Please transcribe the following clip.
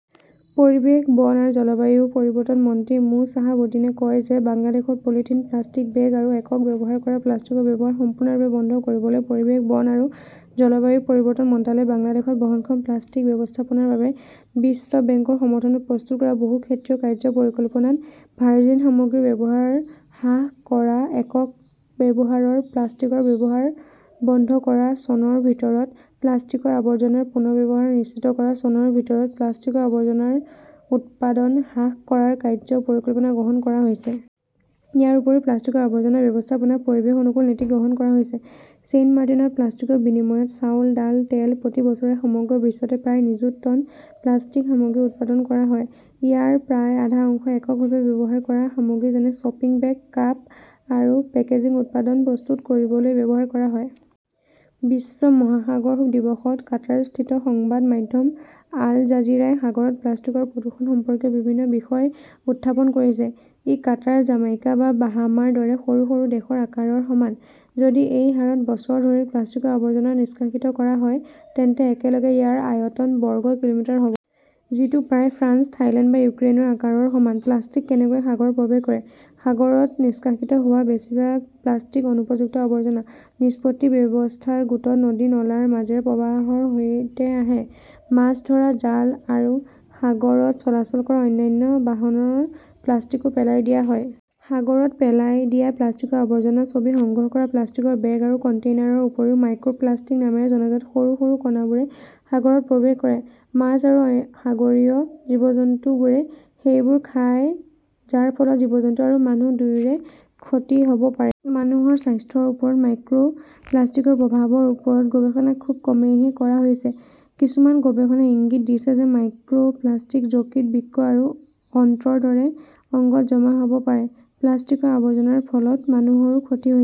পৰিৱেশ বন আৰু জলবায়ু পৰিৱৰ্তন মন্ত্ৰী মো শ্বাহাব উদ্দীনে কয় যে বাংলাদেশত পলিথিন প্লাষ্টিক বেগ আৰু একক ব্যৱহাৰ কৰা প্লাষ্টিকৰ ব্যৱহাৰ সম্পূৰ্ণৰূপে বন্ধ কৰিবলৈ পৰিৱেশ বন আৰু জলবায়ু পৰিৱৰ্তন মন্ত্ৰালয়ে বাংলাদেশত বহনক্ষম প্লাষ্টিক ব্যৱস্থাপনাৰ বাবে বিশ্ব বেংকৰ সমৰ্থনত প্ৰস্তুত কৰা বহুক্ষেত্ৰীয় কাৰ্য্য পৰিকল্পনাত ভাৰ্জিন সামগ্ৰীৰ ব্যৱহাৰ হ্ৰাস কৰা একক ব্যৱহাৰৰ প্লাষ্টিকৰ ব্যৱহাৰ বন্ধ কৰা চনৰ ভিতৰত প্লাষ্টিকৰ আৱৰ্জনাৰ পুনৰ্ব্যৱহাৰ নিশ্চিত কৰা চনৰ ভিতৰত প্লাষ্টিকৰ আৱৰ্জনাৰ উৎপাদন হ্ৰাস কৰাৰ কাৰ্য্য পৰিকল্পনা গ্ৰহণ কৰা হৈছে। ইয়াৰ উপৰিও প্লাষ্টিকৰ আৱৰ্জনা ব্যৱস্থাপনাত পৰিৱেশ অনুকূল নীতি গ্ৰহণ কৰা হৈছে। ছেইণ্টমাৰ্টিনত প্লাষ্টিকৰ বিনিময়ত চাউল ডাল তেল প্ৰতি বছৰে সমগ্ৰ বিশ্বতে প্ৰায় নিযুত টন প্লাষ্টিক সামগ্ৰী উৎপাদন কৰা হয়। ইয়াৰ প্ৰায় আধা অংশ এককভাৱে ব্যৱহাৰ কৰা সামগ্ৰী যেনে শ্বপিং বেগ কাপ আৰু পেকেজিং উপাদান প্ৰস্তুত কৰিবলৈ ব্যৱহাৰ কৰা হয়। বিশ্ব মহাসাগৰ দিৱসত কাটাৰস্থিত সংবাদ মাধ্যম আল জাজীৰাই সাগৰত প্লাষ্টিকৰ প্ৰদূষণ সম্পৰ্কীয় বিভিন্ন বিষয় উত্থাপন কৰিছে। ই কাটাৰ জামাইকা বা বাহামাৰ দৰে সৰু সৰু দেশৰ আকাৰৰ সমান। যদি এই হাৰত বছৰ ধৰি প্লাষ্টিকৰ আৱৰ্জনা নিষ্কাশিত কৰা হয় তেন্তে একেলগে ইয়াৰ আয়তন বৰ্গ কিলোমিটাৰ হ'ব। যিটো প্ৰায় ফ্ৰান্স থাইলেণ্ড বা ইউক্ৰেইনৰ আকাৰৰ সমান। প্লাষ্টিক কেনেকৈ সাগৰত প্ৰৱেশ কৰে? সাগৰত নিষ্কাশিত হোৱা বেছিভাগ প্লাষ্টিক অনুপযুক্ত আৱৰ্জনা নিষ্পত্তি ব্যৱস্থাৰ গোটত নদী নলাৰ মাজেৰে প্ৰবাহৰ সৈতে আহে। মাছ ধৰা জাল আৰু সাগৰত চলাচল কৰা অন্যান্য বাহনৰ প্লাষ্টিকো পেলাই দিয়া হয়। সাগৰত পেলাই দিয়া প্লাষ্টিকৰ আৱৰ্জনা। ছবি সংগ্ৰহ কৰা প্লাষ্টিকৰ বেগ আৰু কণ্টেইনাৰৰ উপৰিও মাইক্ৰ প্লাষ্টিক নামেৰে জনাজাত সৰু সৰু কণাবোৰো সাগৰত প্ৰৱেশ কৰে। মাছ আৰু সাগৰীয় জীৱজন্তুবোৰে এইবোৰ খায় যাৰ ফলত জীৱজন্তু আৰু মানুহ দুয়োৰে ক্ষতি হ'ব পাৰে। মানুহৰ স্বাস্থ্যৰ ওপৰত মাইক্ৰ প্লাষ্টিকৰ প্ৰভাৱৰ ওপৰত গৱেষণা খুব কমেইহে কৰা হৈছে। কিছুমান গৱেষণাই ইংগিত দিছে যে মাইক্ৰ প্লাষ্টিক যকৃত বৃক্ক আৰু অন্ত্ৰৰ দৰে অংগত জমা হ'ব পাৰে। প্লাষ্টিকৰ আৱৰ্জনাৰ ফলত মানুহৰো ক্ষতি হৈ